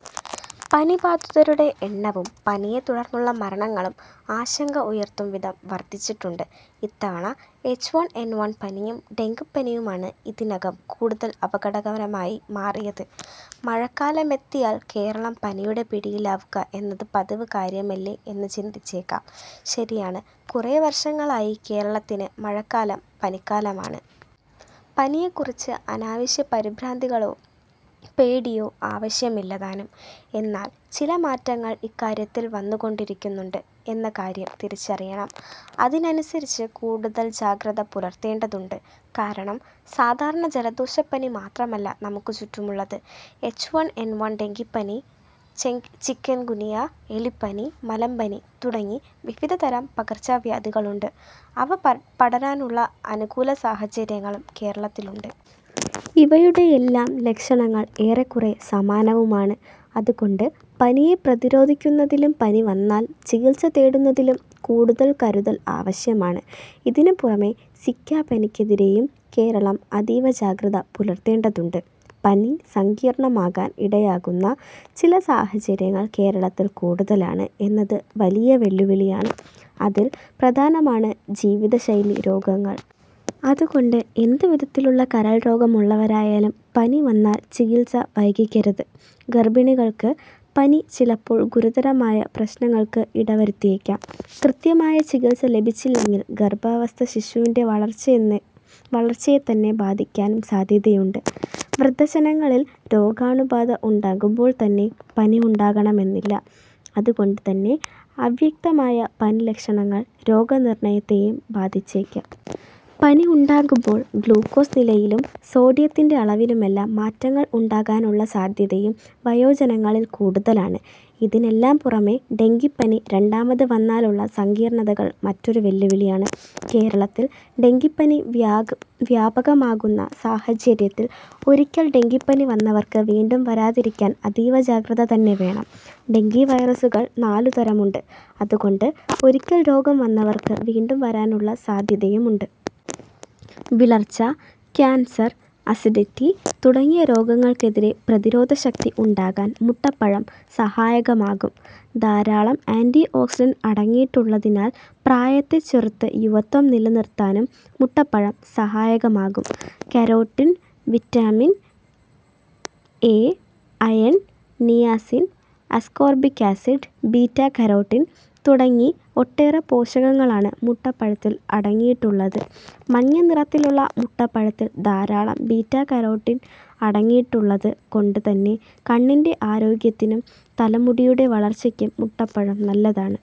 പനി ബാധിതരുടെ എണ്ണവും പനിയെ തുടര്ന്നുള്ള മരണങ്ങളും ആശങ്ക ഉയര്ത്തും വിധം വര്ധിച്ചിട്ടുണ്ട്. ഇത്തവണ എച്ച് വണ് എന് വണ് പനിയും ഡെങ്കിപ്പനിയുമാണ് ഇതിനകം കൂടുതല് അപകടകരമായി മാറിയത്. മഴക്കാലമെത്തിയാല് കേരളം പനിയുടെ പിടിയിലാവുക എന്നത് പതിവ് കാര്യമല്ലേ എന്ന് ചിന്തിച്ചേക്കാം. ശരിയാണ്, കുറേ വര്ഷങ്ങളായി കേരളത്തിന് മഴക്കാലം പനിക്കാലമാണ്. പനിയെക്കുറിച്ച് അനാവശ്യ പരിഭ്രാന്തികളോ പേടിയോ ആവശ്യമില്ല താനും. എന്നാല് ചില മാറ്റങ്ങള് ഇക്കാര്യത്തില് വന്നുകൊണ്ടിരിക്കുന്നുണ്ട് എന്ന കാര്യം തിരിച്ചറിയണം. അതിനനുസരിച്ച് കൂടുതല് ജാഗ്രത പുലര്ത്തേണ്ടതുണ്ട്. കാരണം സാധാരണ ജലദോഷപ്പനി മാത്രമല്ല നമുക്ക് ചുറ്റുമുള്ളത്. എച്ച് വണ് എന് വണ്, ഡെങ്കിപ്പനി, ചിക്കുന്ഗുനിയ എലിപ്പനി, മലമ്പനി തുടങ്ങി വിവധതരം പകര്ച്ചവ്യാധികളുണ്ട്. അവ പടരാനുള്ള അനുകൂല സാഹചര്യങ്ങളും കേരളത്തിലുണ്ട്. ഇവയുടെയെല്ലാം ലക്ഷണങ്ങള് എറെക്കുറേ സമാനവുമാണ്. അതുകൊണ്ട് പനിയെ പ്രതിരോധിക്കുന്നതിലും പനിവന്നാല് ചികിത്സ തേടുന്നതിലും കൂടുതല് കരുതല് ആവശ്യമാണ്. ഇതിന് പുറമേ സിക്ക പനിക്കെതിരെയും കേരളം അതിവ ജാഗ്രത പുലര്ത്തേണ്ടതുണ്ട്. പനി സങ്കീര്ണമാകാന് ഇടയാക്കുന്ന ചില സഹാചര്യങ്ങള് കേരളത്തില് കൂടുതലാണ്് എന്നത് വലിയ വെല്ലുവിളിയാണ്. അതില് പ്രധാനമാണ് ജീവിതശൈലി രോഗങ്ങള്. അതുകൊണ്ട് എത് വിധത്തിലുള്ള കരള് രോഗമുള്ളവരായാലും പനിവന്നാല് ചികിത്സ വൈകിക്കരുത്. ഗര്ഭിണികളികള് പനി ചിലപ്പോള് ഗുരുതരമായ പ്രശ്നങ്ങള്ക്ക് ഇടവരുത്തിയേക്കാം. കൃത്യമായ ചികിത്സ ലഭിച്ചില്ലെങ്കില് ഗര്ഭസ്ഥ ശിശുവിന്റെ വളര്ച്ചയെതന്നെ ബാധിക്കാനും സാധ്യതയുണ്ട്. വൃദ്ധജനങ്ങളില് രോഗാണുബാധ ഉണ്ടാകുമ്പോള് തന്നെ പനി ഉണ്ടാകണമെന്നില്ല. അതുകൊണ്ട് തന്നെ അവ്യക്തമായ പനി ലക്ഷണങ്ങള് രോഗനിര്ണയത്തെയും ബാധിച്ചേക്കാം. പനി ഉണ്ടാകുമ്പോള് ഗ്ലൂക്കോസ് നിലയിലും സോഡിയത്തിന്റെ അളവിലുമെല്ലാം മാറ്റങ്ങള് ഉണ്ടാകാനുള്ള സാധ്യതയും വയോജനങ്ങളില് കൂടുതലാണ്. ഇതിനെല്ലാം പുറമേ, ഡെങ്കിപ്പനി രണ്ടാമത് വന്നാലുള്ള സങ്കീര്ണതകള് മറ്റൊരു വെല്ലുവിളിയാണ്. കേരളത്തില് ഡെങ്കിപ്പനി വ്യാപകമാകുന്ന സഹാചര്യത്തില് ഒരിക്കല് ഡെങ്കിപ്പനി വന്നവര്ക്ക് വീണ്ടും വരാതിരിക്കാന് അതീവ ജാഗ്രതതന്നെ വേണം. ഡെങ്കിവൈറസുകള് നാലുതരമുണ്ട്. അതുകൊണ്ട് ഒരിക്കല് രോഗം വന്നവര്ക്കും വീണ്ടും വരാനുള്ള സാധ്യതയുമുണ്ട്. വിളര്ച്ച, കാന്സര്, അസിഡിറ്റി തുടങ്ങിയ രോഗങ്ങള്ക്കെതിരെ പ്രതിരോധശക്തി ഉണ്ടാകാന് മുട്ടപ്പഴം സഹായകമാകും. ധാരാളം ആന്റിഓക്സിഡന്റ് അടങ്ങിയിട്ടുളളതിനാല് പ്രായത്തെ ചെറുത്ത് യുവത്വം നിലനിര്ത്താനും മുട്ടപ്പഴം സഹായകമാകും. Carotene, vitamin A, iron, niacin, ascorbic acid, beta carotene തുടങ്ങി ഒട്ടേറെ പോഷകങ്ങളാണ് മുട്ടപ്പഴത്തില് അടങ്ങിയിട്ടുളളത്. മഞ്ഞ നിറത്തിലുളള മുട്ടപ്പഴത്തില് ധാരാളം ബീറ്റാകരോട്ടിന് അടങ്ങിയിട്ടുളളത് കൊണ്ട് തന്നെ കണ്ണിന്റെ ആരോഗ്യത്തിനും തലമുടിയുടെ വളര്ച്ചയ്ക്കും മുട്ടപ്പഴം നല്ലതാണ്.